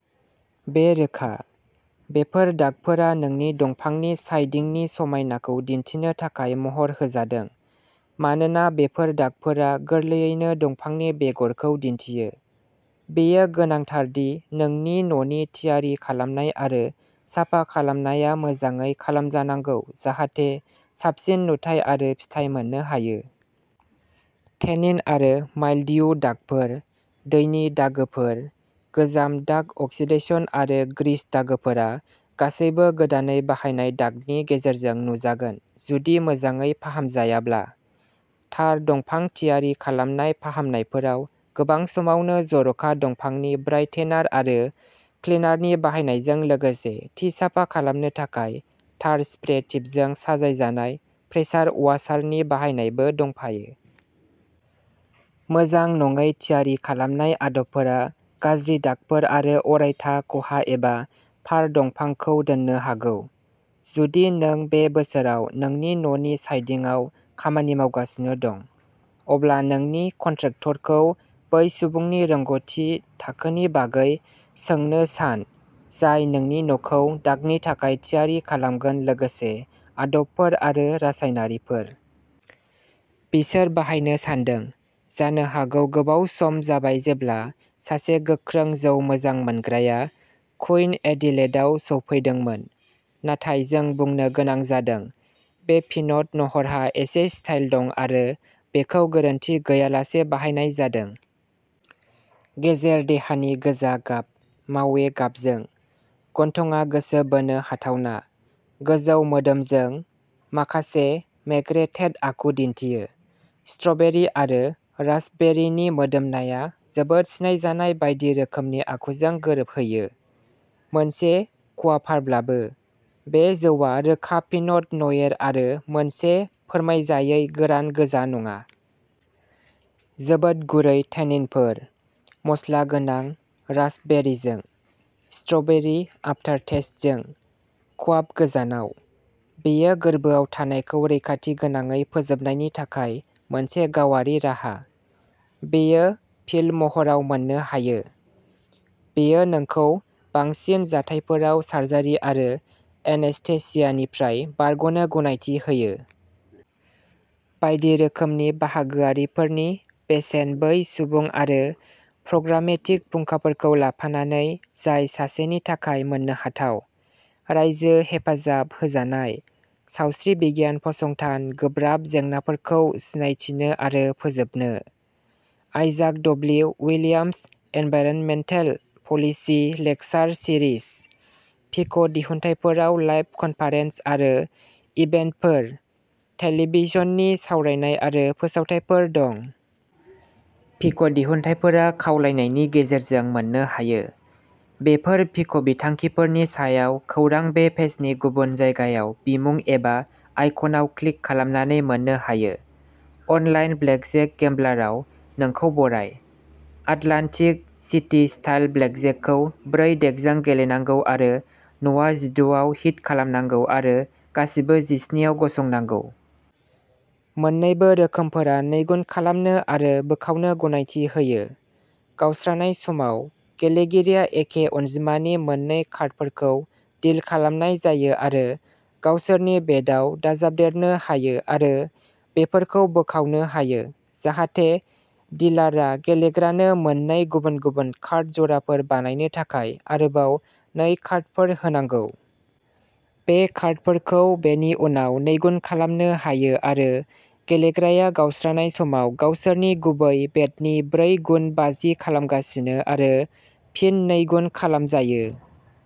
बे रोखा बेफोर दागफोरा नोंनि दंफांनि साइदिंनि समायनाखौ दिन्थिनो थाखाय महर होजादों। मानोना बेफोर दागफोरा गोरलैयैनो दंफांनि बेगरखौ दिन्थियो, बेयो गोनांथार दि नोंनि न'नि थियारि खालामनाय आरो साफा खालामनाया मोजाङै खालामजानांगौ जाहाथे साबसिन नुथाय आरो फिथाइ मोननो हायो। टेनिन आरो माइल्ड्यु दागफोर, दैनि दागोफोर, गोजाम दाग अक्सिडेशन आरो ग्रीस दागोफोरा गासैबो गोदानै बाहायनाय दागनि गेजेरजों नुजागोन जुदि मोजाङै फाहामजायाब्ला। थार दंफां थियारि खालामनाय फाहामनायफोराव गोबां समावनो जर'खा दंफांनि ब्राइटेनार आरो क्लिनारनि बाहायनायजों लोगोसे थि साफा खालामनो थाखाय थार स्प्रे टिपजों साजायजानाय प्रेसार वाशारनि बाहायनायबो दंफायो। मोजां नङै थियारि खालामनाय आदबफोरा गाज्रि दागफोर आरो अरायथा खहा एबा फार दंफांखौ दोननो हागौ। जुदि नों बे बोसोराव नोंनि न'नि साइदिंआव खामानि मावगासिनो दं, अब्ला नोंनि कन्ट्रेक्टरखौ बै सुबुंनि रोंग'थि थाखोनि बागै सोंनो सान, जाय नोंनि न'खौ दागनि थाखाय थियारि खालामगोन लोगोसे आदबफोर आरो रासायनारिफोर। बिसोर बाहायनो सानदों। जानो हागौ गोबाव सम जाबाय जेब्ला सासे गोख्रों जौ मोजां मोनग्राया कुइन एडिलेडआव सौफैदोंमोन, नाथाय जों बुंनो गोनां जादों, बे पिनट न'इरहा एसे स्टाइल दं आरो बेखौ गोरोनथि गैयालासे बानायनाय जादों। गेजेर देहानि गोजा गाब, मावे गाबजों। गन्थंआ गोसो बोनो हाथावना, गोजौ मोदोमजों, माखासे मेकरेटेड आखु दिन्थियो। स्ट्र'बेरि आरो रास्पबेरिनि मोदोमनाया जोबोद सिनायजानाय बायदि रोखोमनि आखुजों गोरोबहैयो। मोनसे क्वाफारब्लाबो, बे जौआ रोखा पिनट न'इर-आरो मोनसे फोरमायजायै गोरान गोजा नङा। जोबोद गुरै टेनिनफोर, मस्ला गोनां रास्पबेरीजों, स्ट्र'बेरि आफटारटेस्टजों। क्वाफ गोजानाव! बेयो गोरबोआव थानायखौ रैखाथिगोनाङै फोजोबनायनि थाखाय मोनसे गावारि राहा। बेयो पिल महराव मोननो हायो। बेयो नोंखौ बांसिन जाथायफोराव सार्जारि आरो एनेस्थेसियानिफ्राय बारग'नो गनायथि होयो। बायदि रोखोमनि बाहागोआरिफोरनि बेसेन-बै सुबुं आरो प्रग्रामेटिक फुंखाफोरखौ लाफानानै जाय सासेनि थाखाय मोननोहाथाव। रायजो-हेफाजाब होजानाय, सावस्रि बिगियान फसंथान-गोब्राब जेंनाफोरखौ सिनायथिनो आरो फोजोबनो। Isaac W. Williams environmental policy lecture series. पिक'दिहुनथायफोराव लाइभ कनफारेन्स आरो इभेन्टफोर, टेलिभिजननि सावरायनाय आरो फोसावथायफोर दं। पिक'दिहुनथायफोरा खावलायनायनि गेजेरजों मोननो हायो। बेफोर पिक'बिथांखिफोरनि सायाव खौरां बे पेजनि गुबुन जायगायाव बिमुं एबा आइकनआव क्लिक खालामनानै मोननो हायो। अनलाइन ब्लेकजेक गेम्बलारआव नोंखौ बराय! आटलान्टिक सिटी स्टाइल ब्लेकजेकखौ ब्रै डेकजों गेलेनांगौ आरो न'आ जिद' आव हिट खालामनांगौ आरो गासिबो जिस्नि आव गसंनांगौ। मोन्नैबो रोखोमफोरा नैगुन खालामनो आरो बोखावनो गनायथि होयो। गावस्रानाय समाव, गेलेगिरिया एखे अनजिमानि मोन्नै कार्डफोरखौ डिल खालामनाय जायो आरो गावसोरनि बेटआव दाजाबदेरनो हायो आरो बेफोरखौ बोखावनो हायो जाहाथे डिलारआ गेलेग्रानो मोननै गुबुन-गुबुन कार्ड जराफोर बानायनो थाखाय आरोबाव नै कार्डफोर होनांगौ। बे कार्डफोरखौ बेनि उनाव नैगुन खालामनो हायो आरो गेलेग्राया गावस्रानाय समाव गावसोरनि गुबै बेटनि ब्रै गुन बाजि खालामगासिनो आरो फिन नैगुन खालामजायो।